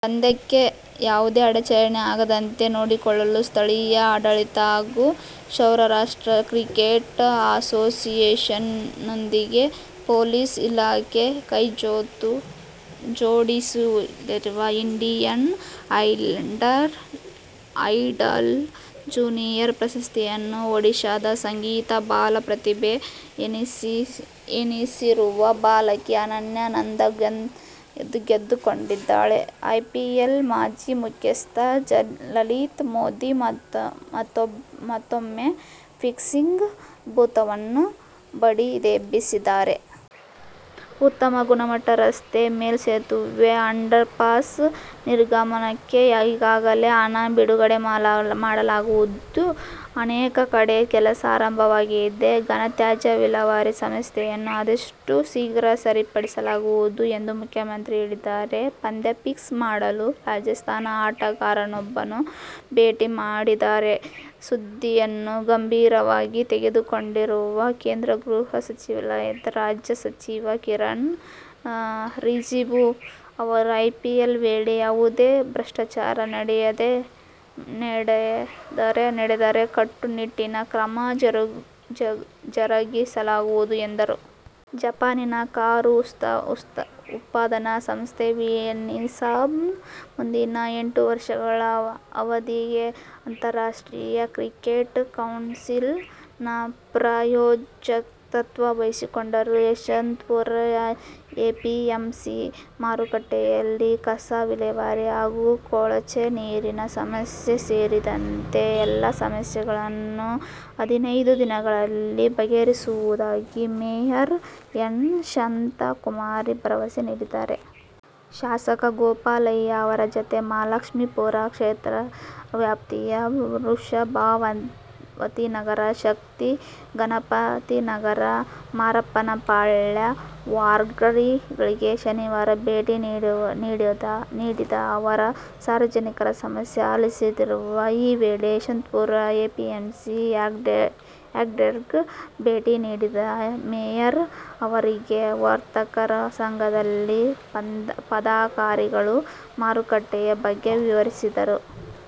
ಪಂದ್ಯಕ್ಕೆ ಯಾವುದೇ ಅಡಚಣೆ ಆಗದಂತೆ ನೋಡಿಕೊಳ್ಳಲು ಸ್ಥಳೀಯ ಆಡಳಿತ ಹಾಗೂ ಸೌರಾಷ್ಟ್ರ ಕ್ರಿಕೆಟ್ ಅಸೋಸಿಯೇಶನ್ನೊಂದಿಗೆ ಪೊಲೀಸ್ ಇಲಾಖೆ ಕೈಜೋಡಿಸಲಿದೆ. ಇಂಡಿಯನ್ ಐಡಲ್ ಜೂನಿಯರ್ ಪ್ರಶಸ್ತಿಯನ್ನು ಒಡಿಶಾದ ಸಂಗೀತ ಬಾಲ ಪ್ರತಿಭೆ ಎನಿಸಿರುವ ಬಾಲಕಿ ಅನನ್ಯಾ ನಂದಾ ಗೆದ್ದುಕೊಂಡಿದ್ದಾಳೆ. ಐಪಿಎಲ್ ಮಾಜಿ ಮುಖ್ಯಸ್ಥ ಲಲಿತ್ ಮೋದಿ ಮತ್ತೂಮ್ಮೆ ಫಿಕ್ಸಿಂಗ್ ಭೂತವನ್ನು ಬಡಿದೆಬ್ಬಿಸಿದ್ದಾರೆ. ಉತ್ತಮ ಗುಣಮಟ್ಟದ ರಸ್ತೆ, ಮೇಲ್ಸೆತುವೆ, ಅಂಡರ್ಪಾಸ್ ನಿರ್ಮಾಣಕ್ಕೆ ಈಗಾಗಲೇ ಹಣ ಬಿಡುಗಡೆ ಮಾಡಲಾಗಿದ್ದು, ಅನೇಕ ಕಡೆ ಕೆಲಸ ಆರಂಭವಾಗಿದೆ. ಘನತ್ಯಾಜ್ಯ ವಿಲೇವಾರಿ ಸಮಸ್ಯೆಯನ್ನು ಆದಷ್ಟು ಶೀಘ್ರ ಸರಿಪಡಿಸಲಾಗುವುದು ಎಂದು ಮುಖ್ಯಮಂತ್ರಿ ಹೇಳಿದರು. ಪಂದ್ಯ ಫಿಕ್ಸ್ ಮಾಡಲು ರಾಜಸ್ಥಾನ ಆಟಗಾರನೊಬ್ಬರನ್ನು ಭೇಟಿ ಮಾಡಿದ್ದಾರೆಂಬ ಸುದ್ದಿಯನ್ನು ಗಂಭೀರವಾಗಿ ತೆಗೆದುಕೊಂಡಿರುವ ಕೇಂದ್ರ ಗೃಹ ಸಚಿವಾಲಯದ ರಾಜ್ಯ ಸಚಿವ ಕಿರಣ್ ರಿಜಿಜು ಅವರು ಐಪಿಎಲ್ ವೇಳೆ ಯಾವುದೇ ಭ್ರಷ್ಟಾಚಾರ ನಡೆದರೆ ಕಟ್ಟುನಿಟ್ಟಿನ ಕ್ರಮ ಜರಗಿಸಲಾಗುವುದು ಎಂದರು. ಜಪಾನಿನ ಕಾರು ಉತ್ಪಾದನಾ ಸಂಸ್ಥೆ ನಿಸಾನ್ ಮುಂದಿನ ಎಂಟು ವರ್ಷಗಳ ಅವಧಿಗೆ ಅಂತಾರಾಷ್ಟ್ರೀಯ ಕ್ರಿಕೆಟ್ ಕೌನ್ಸಿಲ್ ನ ಪ್ರಾಯೋಜಕತ್ವ ವಹಿಸಿಕೊಂಡಿದೆ. ಯಶವಂತಪುರ ಎಪಿಎಂಸಿ ಮಾರುಕಟ್ಟೆಯಲ್ಲಿ ಕಸ ವಿಲೇವಾರಿ ಹಾಗೂ ಕೊಳಚೆ ನೀರಿನ ಸಮಸ್ಯೆ ಸೇರಿದಂತೆ ಎಲ್ಲಾ ಸಮಸ್ಯೆಗಳನ್ನೂ ಹದಿನೈದು ದಿನಗಳಲ್ಲಿ ಬಗೆಹರಿಸುವುದಾಗಿ ಮೇಯರ್ ಎನ್. ಶಾಂತಕುಮಾರಿ ಭರವಸೆ ನೀಡಿದ್ದಾರೆ. ಶಾಸಕ ಗೋಪಾಲಯ್ಯ ಅವರ ಜತೆ ಮಹಾಲಕ್ಷ್ಮೀಪುರ ಕ್ಷೇತ್ರ ವ್ಯಾಪ್ತಿಯ ವೃಷಭಾವತಿನಗರ, ಶಕ್ತಿ ಗಣಪತಿನಗರ, ಮಾರಪ್ಪನ ಪಾಳ್ಯ ವಾರ್ಡ್ಗಳಿಗೆ ಶನಿವಾರ ಭೇಟಿ ನೀಡಿದ ಅವರು ಸಾರ್ವಜನಿಕರ ಸಮಸ್ಯೆ ಆಲಿಸಿದರು. ಈ ವೇಳೆ ಯಶವಂತಪುರ ಎಪಿಎಂಸಿ ಯಾರ್ಡ್ಗೆ ಭೇಟಿ ನೀಡಿದ ಮೇಯರ್ ಅವರಿಗೆ ವರ್ತಕರ ಸಂಘದ ಪದಾಧಿಕಾರಿಗಳು ಮಾರುಕಟ್ಟೆಯ ಬಗ್ಗೆ ವಿವರಿಸಿದರು.